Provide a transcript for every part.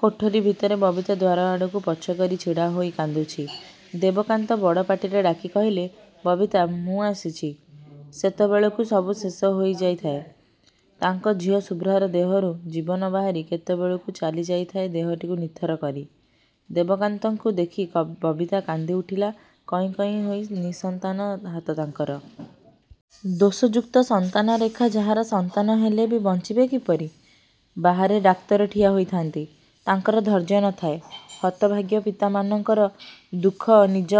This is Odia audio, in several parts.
କୋଠରୀ ଭିତରେ ବବିତା ଦ୍ୱାର ଆଡ଼କୁ ପଛ କରି ଛିଡ଼ାହୋଇ କାନ୍ଦୁଛି। ଦେବକାନ୍ତ ବଡ଼ ପାଟିରେ ଡାକି କହିଲେ ବବିତା ମୁଁ ଆସିଛି-। ସେତେବେଳକୁ ସବୁ ଶେଷହୋଇ ଯାଇଥାଏ। ତାଙ୍କ ଝିଅ ଶୁଭ୍ରାର ଦେହରୁ ଜୀବନ ବାହାରି କେତେବେଳୁ ଚାଲିଯାଇଥାଏ ଦେହଟିକୁ ନିଥର କରି। ଦେବକାନ୍ତକୁ ଦେଖି ବବିତା କାନ୍ଦିଉଠିଲା କଇଁ କଇଁ ହୋଇ ନିଃସନ୍ତାନ ହାତ ତାଙ୍କର। ଦୋଷଯୁକ୍ତ ସନ୍ତାନରେଖା ଯାହାର ସନ୍ତାନ ହେଲେବି ବଞ୍ଚିବେ କିପରି? ବାହାରେ ଡାକ୍ତର ଠିଆ ହୋଇଥାନ୍ତି। ତାଙ୍କର ଧୈର୍ଯ୍ୟ ନ ଥାଏ। ହତଭାଗ୍ୟ ପିତାମାନଙ୍କର ଦୁଃଖ ନିଜ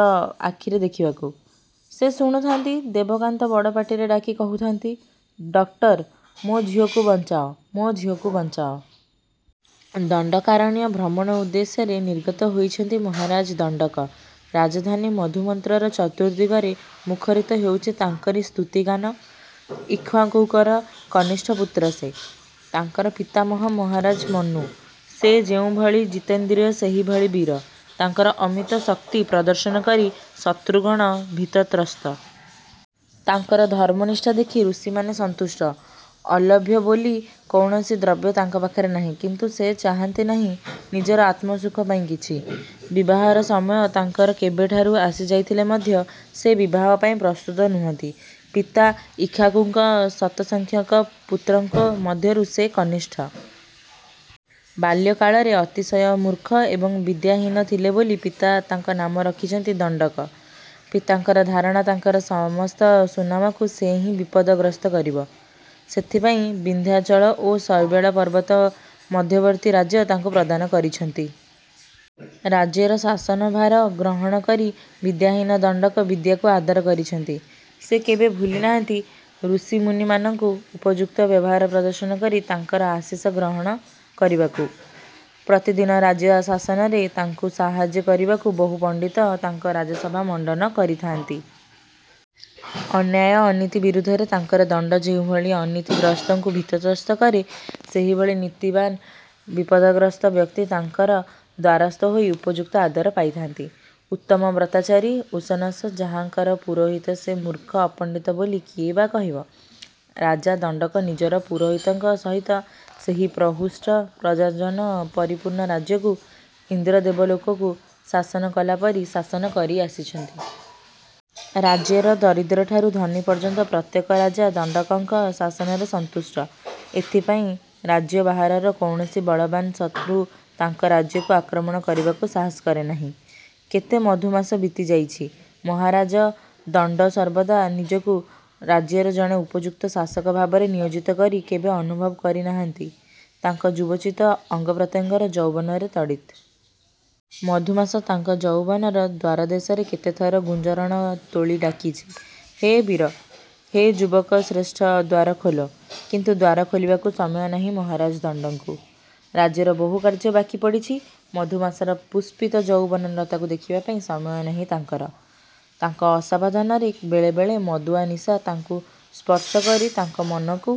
ଆଖିରେ ଦେଖିବାକୁ। ସେ ଶୁଣୁଥାନ୍ତି ଦେବକାନ୍ତ ବଡ଼ ପାଟିରେ ଡାକି କହୁଥାନ୍ତି ଡକ୍ଟର ମୋ ଝିଅକୁ ବଞ୍ଚାଅ, ମୋ ଝିଅକୁ ବଞ୍ଚାଅ। ଦଣ୍ଡକାରଣ୍ୟ ଭ୍ରମଣ ଉଦ୍ଦେଶ୍ୟରେ ନିର୍ଗତ ହୋଇଛନ୍ତି ମହାରାଜ ଦଣ୍ଡକ। ରାଜଧାନୀ ମଧୁମନ୍ତ୍ରର ଚତୁର୍ଦ୍ଦିଗରେ ମୁଖରିତ ହେଉଛି ତାଙ୍କର ସ୍ତୁତିଗାନ, ଇକ୍ଷ୍ୱାକୁଙ୍କର କନିଷ୍ଠ ପୁତ୍ର ସେ। ତାଙ୍କର ପିତାମହ ମହାରାଜ ମନୁ। ସେ ଯେଉଁଭଳି ଜିତେନ୍ଦ୍ରିୟ ସେହିଭଳି ବୀର। ତାଙ୍କର ଅମିତ ଶକ୍ତି ପ୍ରଦର୍ଶନ କରି ଶତୃଗଣ ଭୀତତ୍ରସ୍ତ। ତାଙ୍କର ଧର୍ମନିଷ୍ଠା ଦେଖି ଋଷିମାନେ ସନ୍ତୁଷ୍ଟ। ଅଲଭ୍ୟ ବୋଲି କୌଣସି ଦ୍ରବ୍ୟ ତାଙ୍କ ପାଖରେ ନାହିଁ। କିନ୍ତୁ ସେ ଚାହାନ୍ତି ନାହିଁ ନିଜର ଆତ୍ମସୁଖ ପାଇଁ କିଛି। ବିବାହର ସମୟ ତାଙ୍କର କେବେଠାରୁ ଆସିଯାଇଥିଲେ ମଧ୍ୟ ସେ ବିବାହ ପାଇଁ ପ୍ରସ୍ତୁତ ନୁହନ୍ତି। ପିତା ଇକ୍ଷ୍ୱାକୁଙ୍କ ଶତସଂଖ୍ୟକ ପୁତ୍ରଙ୍କ ମଧ୍ୟରୁ ସେ କନିଷ୍ଠ। ବାଲ୍ୟ କାଳରେ ଅତିଶୟ ମୂର୍ଖ ଏବଂ ବିଦ୍ୟାହୀନ ଥିଲେ ବୋଲି ପିତା ତାଙ୍କ ନାମ ରଖିଛନ୍ତି ଦଣ୍ଡକ। ପିତାଙ୍କର ଧାରଣା ତାଙ୍କର ସମସ୍ତ ସୁନାମକୁ ସେ ହିଁ ବିପଦ ଗ୍ରସ୍ତ କରିବ। ସେଥିପାଇଁ ବିନ୍ଧ୍ୟାଚଳ ଓ ଶୈବାଳ ପର୍ବତ ମଧ୍ୟବର୍ତ୍ତୀ ରାଜ୍ୟ ତାଙ୍କୁ ପ୍ରଦାନ କରିଛନ୍ତି। ରାଜ୍ୟର ଶାସନଭାର ଗ୍ରହଣ କରି ବିଦ୍ୟାହୀନ ଦଣ୍ଡକ ବିଦ୍ୟାକୁ ଆଦର କରିଛନ୍ତି। ସେ କେବେ ଭୁଲିନାହାନ୍ତି ଋଷିମୁନିମାନଙ୍କୁ ଉପଯୁକ୍ତ ବ୍ୟବହାର ପ୍ରଦର୍ଶନ କରି ତାଙ୍କର ଆଶିଷ ଗ୍ରହଣ। କରିବାକୁ। ପ୍ରତିଦିନ ରାଜ୍ୟ ଶାସନରେ ତାଙ୍କୁ ସାହାଯ୍ୟ କରିବାକୁ ବହୁ ପଣ୍ଡିତ ତାଙ୍କ ରାଜସଭା ମଣ୍ଡନ କରିଥାଆନ୍ତି। ଅନ୍ୟାୟ ଅନୀତି ବିରୁଦ୍ଧରେ ତାଙ୍କର ଦଣ୍ଡ ଯେଉଁଭଳି ଅନୀତି ଗ୍ରସ୍ଥଙ୍କୁ ଭୀତତ୍ରସ୍ତ କରେ ସେହିଭଳି ନୀତିବାନ୍ ବିପଦଗ୍ରସ୍ଥ ବ୍ୟକ୍ତି ତାଙ୍କର ଦ୍ୱାରସ୍ଥ ହୋଇ ଉପଯୁକ୍ତ ଆଦର ପାଇଥାନ୍ତି। ଉତ୍ତମ ବ୍ରତାଚାରୀ 'ଉଶନସ' ଯାହାଙ୍କର ପୁରୋହିତ ସେ ମୂର୍ଖ ଅପଣ୍ଡିତ ବୋଲି କିଏ ବା କହିବ। ରାଜା ଦଣ୍ଡକ ନିଜର ପୁରୋହିତଙ୍କ ସହିତ ସେହି ପ୍ରହୃଷ୍ଟ ପ୍ରଜାଜନ ପରିପୂର୍ଣ୍ଣ ରାଜ୍ୟକୁ, ଇନ୍ଦ୍ର ଦେବଲୋକକୁ ଶାସନ କଲାପରି ଶାସନ କରି ଆସିଛନ୍ତି। ରାଜ୍ୟର ଦରିଦ୍ରଠାରୁ ଧନୀ ପର୍ଯ୍ୟନ୍ତ ପ୍ରତ୍ୟେକ ରାଜା ଦଣ୍ଡକଙ୍କ ଶାସନରେ ସନ୍ତୁଷ୍ଟ। ଏଥିପାଇଁ ରାଜ୍ୟ ବାହାରର କୌଣସି ବଳବାନ ଶତ୍ରୁ ତାଙ୍କ ରାଜ୍ୟକୁ ଆକ୍ରମଣ କରିବାକୁ ସାହସ କରେ ନାହିଁ। କେତେ ମଧୁମାସ ବିତିଯାଇଛି। ମହାରାଜ ଦଣ୍ଡ ସର୍ବଦା ନିଜକୁ ରାଜ୍ୟର ଜଣେ ଉପଯୁକ୍ତ ଶାସକ ଭାବରେ ନିୟୋଜିତ କରି କେବେ ଅନୁଭବ କରିନାହାନ୍ତି ତାଙ୍କ ଯୁବୋଚିତ ଅଙ୍ଗପ୍ରତ୍ୟଙ୍ଗର ଯୌବନର ତଡ଼ିତ୍। ମଧୁମାସ ତାଙ୍କ ଯୌବନର ଦ୍ୱାରଦେଶରେ କେତେଥର ଗୁଞ୍ଜରଣ ତୋଳି ଡାକିଛି, ହେ ବୀର! ହେ ଯୁବକଶ୍ରେଷ୍ଠ ଦ୍ୱାର ଖୋଲ। କିନ୍ତୁ ଦ୍ୱାର ଖୋଲିବାକୁ ସମୟ ନାହିଁ ମହାରାଜ ଦଣ୍ଡଙ୍କୁ। ରାଜ୍ୟର ବହୁ କାର୍ଯ୍ୟ ବାକିପଡ଼ିଛି-ମଧୁମାସର ପୁଷ୍ପିତ ଯୌବନ ଲତାକୁ ଦେଖିବାପାଇଁ ସମୟ ନାହିଁ ତାଙ୍କର। ତାଙ୍କ ଅସାବଧାନରେ ବେଳେବେଳେ ମଦୁଆ ନିଶା ତାଙ୍କୁ ସ୍ପର୍ଶ କରି ତାଙ୍କ ମନକୁ